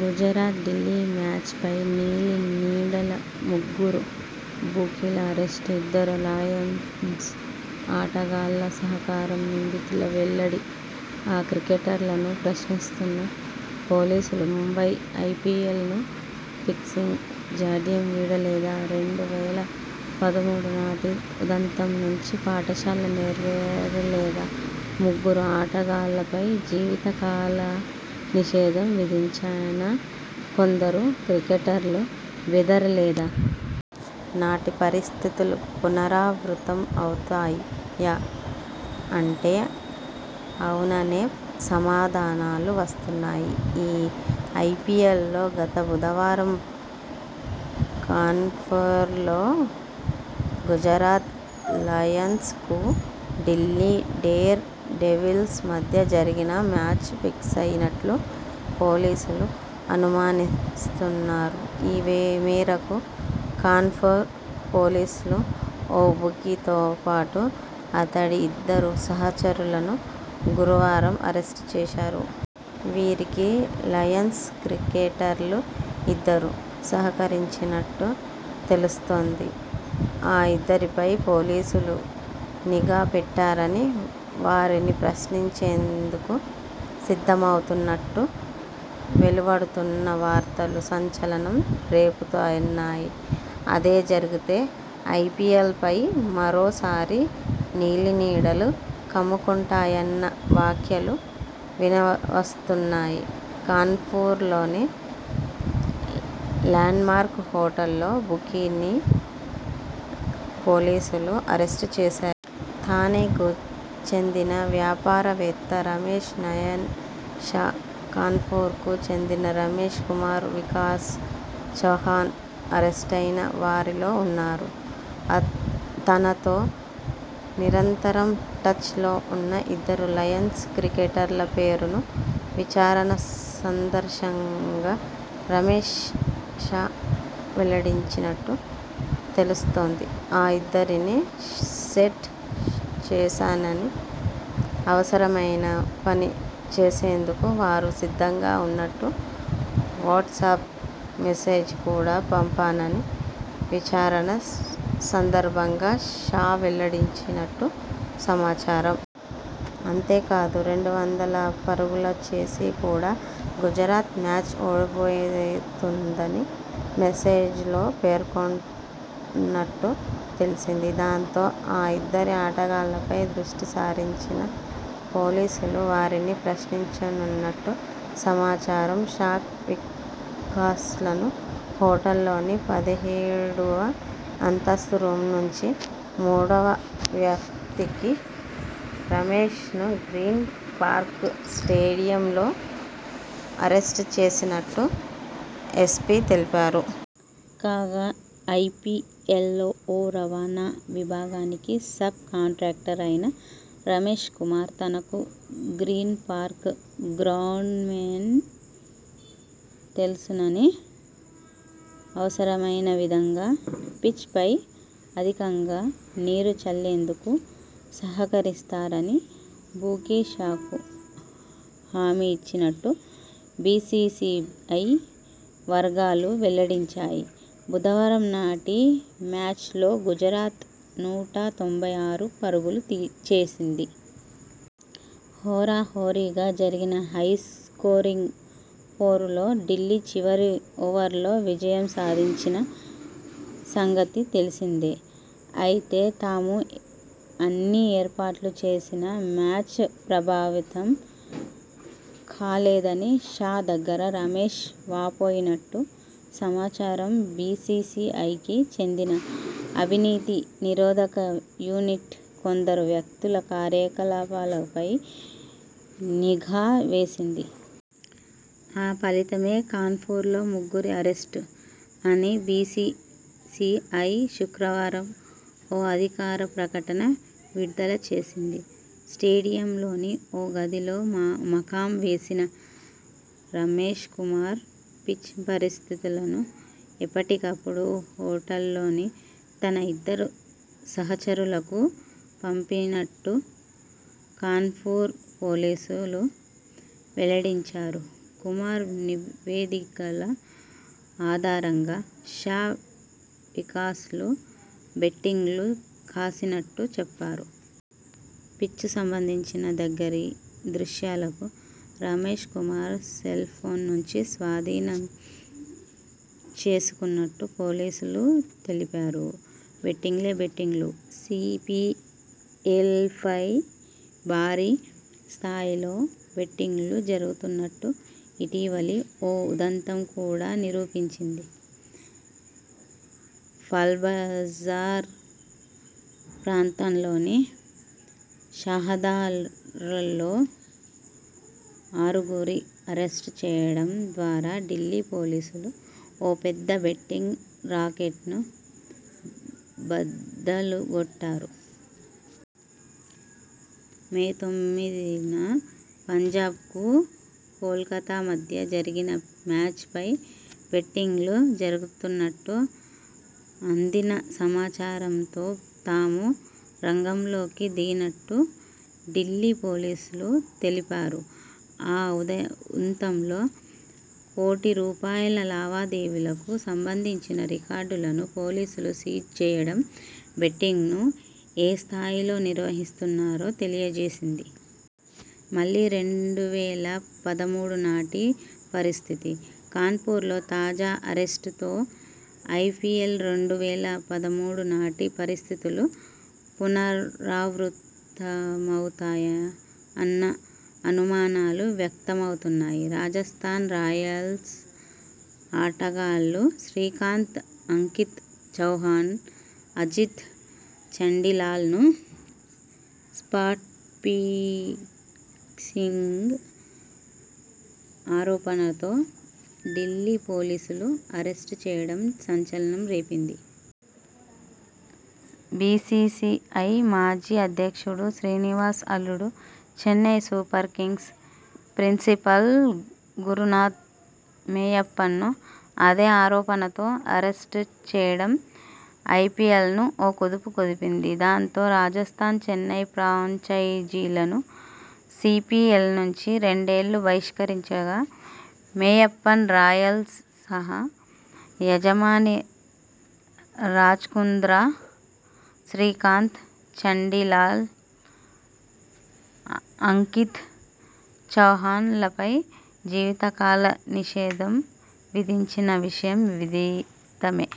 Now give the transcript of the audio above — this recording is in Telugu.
గుజరాత్ ఢిల్లీ మ్యాచ్ పై నీలినీడలుముగ్గురు బుకీల అరెస్ట్ఇద్దరు లయన్స్ ఆటగాళ్ల సహకారం! నిందితుల వెల్లడి ఆ క్రికెటర్లను ప్రశ్నించనున్న పోలీసులుముంబై ఐపీఎల్ ను ఫిక్సింగ్ జాఢ్యం వీడలేదా..రెండు వేల పదమూడునాటి ఉదంతం నుంచి పాఠాలు నేర్వలేదా.. ముగ్గురు ఆటగాళ్లపై జీవితకాల నిషేధం విధించినా కొందరు క్రికెటర్లు బెదరలేదా.. నాటి పరిస్థితులు పునరావృతం అవుతాయా.. అంటే అవుననే సమాధానాలు వస్తున్నాయి. ఈ ఐపీఎల్లో గత బుధవారం కాన్పూర్లో గుజరాత్ లయన్స్ కు ఢిల్లీ డేర్ డెవిల్స్ మధ్య జరిగిన మ్యాచ్ ఫిక్సయినట్టు పోలీసులు అనుమానిస్తున్నారు. ఈమేరకు కాన్పూర్ పోలీసులు ఓ బుకీతోపాటు అతడి ఇద్దరు సహచరులను గురువారం అరెస్ట్ చేశారు. వీరికి లయన్స్ క్రికెటర్లు ఇద్దరు సహకరించినట్టు తెలుస్తోంది. ఆ ఇద్దరిపై పోలీసులు నిఘా పెట్టారని, వారిని ప్రశ్నించేందుకు సిద్ధమవుతున్నట్టు వెలువడుతున్న వార్తలు సంచలనం రేపుతున్నాయి. అదే జరిగితే ఐపీఎల్ పై మరోసారి నీలినీడలు కమ్ముకుంటాయన్న వ్యాఖ్యలు వినవస్తున్నాయి. కాన్పూర్లోని ల్యాండ్మార్క్ హోటల్లో బుకీని పోలీసులు అరెస్ట్ చేశారు. థానెకు చెందిన వ్యాపారవేత్త రమేష్ నయన్ షా, కాన్పూర్కు చెందిన రమేష్ కుమార్, వికాస్ చౌహాన్ అరెస్టయిన వారిలో ఉన్నారు. తనతో నిరంతరం టచ్ లో ఉన్న ఇద్దరు లయన్స్ క్రికెటర్ల పేర్లను విచారణ సందర్భంగా రమేష్ షా వెల్లడించినట్టు తెలుస్తోంది. ఆ ఇద్దరిని 'సెట్' చేశానని, అవసరమైన 'పని' చేసేందుకు వారు సిద్ధంగా ఉన్నట్టు వాట్సప్ మెసెజ్ కూడా పంపానని విచారణ సందర్భంగా షా వెల్లడించినట్టు సమాచారం. అంతేకాదు రెండు వందల పరుగులు చేసి కూడా గుజరాత్ మ్యాచ్ ఓడిపోతుందని మెసెజ్లో పేర్కొన్నట్టు తెలిసింది. దాంతో ఆ ఇద్దరు ఆటగాళ్లపై దృష్టి సారించిన పోలీ సులు వారిని ప్రశ్నించనున్నట్టు సమాచారం. షా, వికాస్లను హోటల్లోని పదిహేడువ అంతస్తు రూమ్నుంచి, మూడో వ్యక్తి రమేష్ ను గ్రీన్ పార్క్ స్టేడియంలో అరెస్ట్ చేసినట్టు ఎస్పీ తెలిపారు. కాగా ఐపీఎల్లో ఓ రవాణా విభాగానికి సబ్ కాంట్రాక్టర్ అయిన రమేష్ కుమార్.. తనకు గ్రీనపార్క్ గ్రౌండ్స్మెన్ తెలుసునని, అవసరమైన విధంగా పిచ్ పై అధికంగా నీరు చల్లేందుకు సహకరిస్తారని బుకీ షాకు హామీ ఇచ్చినట్టు బీసీసీఐ వర్గాలు వెల్లడించాయి. బుధవారంనాటి మ్యాచ్ లో గుజరాత్ నూట తొంభై ఆరు పరుగులు చేసింది. హోరాహోరీగా జరిగిన హై స్కోరింగ్ పోరులో ఢిల్లీ చివరి ఓవర్లో విజయం సాధించిన సంగతి తెలిసిందే. అయితే తాము అన్ని 'ఏర్పాట్లు' చేసినా మ్యాచ్ ప్రభావితం కాలేదని షా దగ్గర రమేష్ వాపోయినట్టు సమాచారం 'బీసీసీఐకి చెందిన అవినీతి నిరోధక యూనిట్ కొందరు వ్యక్తుల కార్యకలాపాలపై నిఘా వేసింది. ఆ ఫలితమే కాన్పూర్లో ముగ్గురి అరెస్ట్' అని బీసీసీఐ శుక్రవారం ఓ అధికారిక ప్రకటన విడుదలజేసింది. స్టేడియంలోని ఓ గదిలో మకాం వేసిన రమేష్ కుమార్.. పిచ్ పరిస్థితులను ఎప్పటికప్పుడు హోటల్లోని తన ఇద్దరు సహచరులకు పంపినట్టు కాన్పూర్ పోలీసులు వెల్లడించారు. కుమార్ నివేదికల ఆధారంగా షా, వికాస్ లు బెట్టింగ్లు కాసినట్టు చెప్పారు. పిచ్కు సంబంధించిన దగ్గరి దృశ్యాలను రమేష్ కుమార్ సెల్ఫోన్ నుంచి స్వాధీనం చేసుకున్నట్టు పోలీసులు తెలిపారు. బెట్టింగ్లే.. బెట్టింగ్లు ఐపీఎల్పై భారీ స్థాయిలో బెట్టింగ్లు జరుగుతున్నట్టు ఇటీవలి ఓ ఉదంతం కూడా నిరూపించింది. ఫార్స్బజార్ ప్రాంతంలోని షహదారాలో ఆరుగురిని అరెస్ట్ చేయడం ద్వారా ఢిల్లీ పోలీసులు ఓ పెద్ద బెట్టింగ్ రాకెట్ను బద్దలుగొట్టారు. మేతొమ్మిదిన పంజాబ్ కు కోల్కతా మధ్య జరిగిన మ్యాచ్ పై బెట్టింగ్లు జరుగుతున్నట్టు అందిన సమాచారంతో తాము రంగంలోకి దిగినట్టు ఢిల్లీ పోలీసులు తెలిపారు. ఆ ఉదంతంలో.. కోటి రూపాయల లావాదేవీలకు సంబంధించిన రికార్డులను పోలీసులు సీజ్ చేయడం బెట్టింగ్ను ఏ స్థాయిలో నిర్వహిస్తున్నారో తెలియజేసింది. మళ్లీ రెండు వేల పదమూడునాటి పరిస్థితి? కాన్పూర్లో తాజా అరెస్ట్లతో ఐపీఎల్లో రెండు వేల పదమూడునాటి పరిస్థితులు పునరావృతమవుతాయా అన్న అనుమానాలు వ్యక్తమవుతున్నాయి. రాజస్థాన్ రాయల్స్ ఆటగాళ్లు శ్రీశాంత్, అంకిత్ చౌహాన్, అజిత్ చండీలాలను స్పాట్ఫిక్సింగ్ ఆరోపణలతో ఢిల్లీ పోలీసులు అరెస్ట్ చేయడం సంచలనం రేపింది. బీసీసీఐ మాజీ అధ్యక్షుడు శ్రీనివాస్ అల్లుడు, Chennai Super Kings principal Gurunath మేయప్పన్ను అదే ఆరోపణలతో అరెస్ట్ చేయడం ఐపీఎల్ను ఓ కుదుపు కుదిపింది. దాంతో రాజస్థాన, చెన్నై ఫ్రాంచైజీలను ఐపీఎల్నుంచి రెండేళ్లు బహిష్కరించగా.. మేయప్పన్, 'రాయల్స్' సహ యజమాని రాజ్కుంద్రా, శ్రీశాంత్, చండీలా, అంకిత్ చౌహాన్ లపై జీవితకాల నిషేధం విధించిన విషయం విదితమే.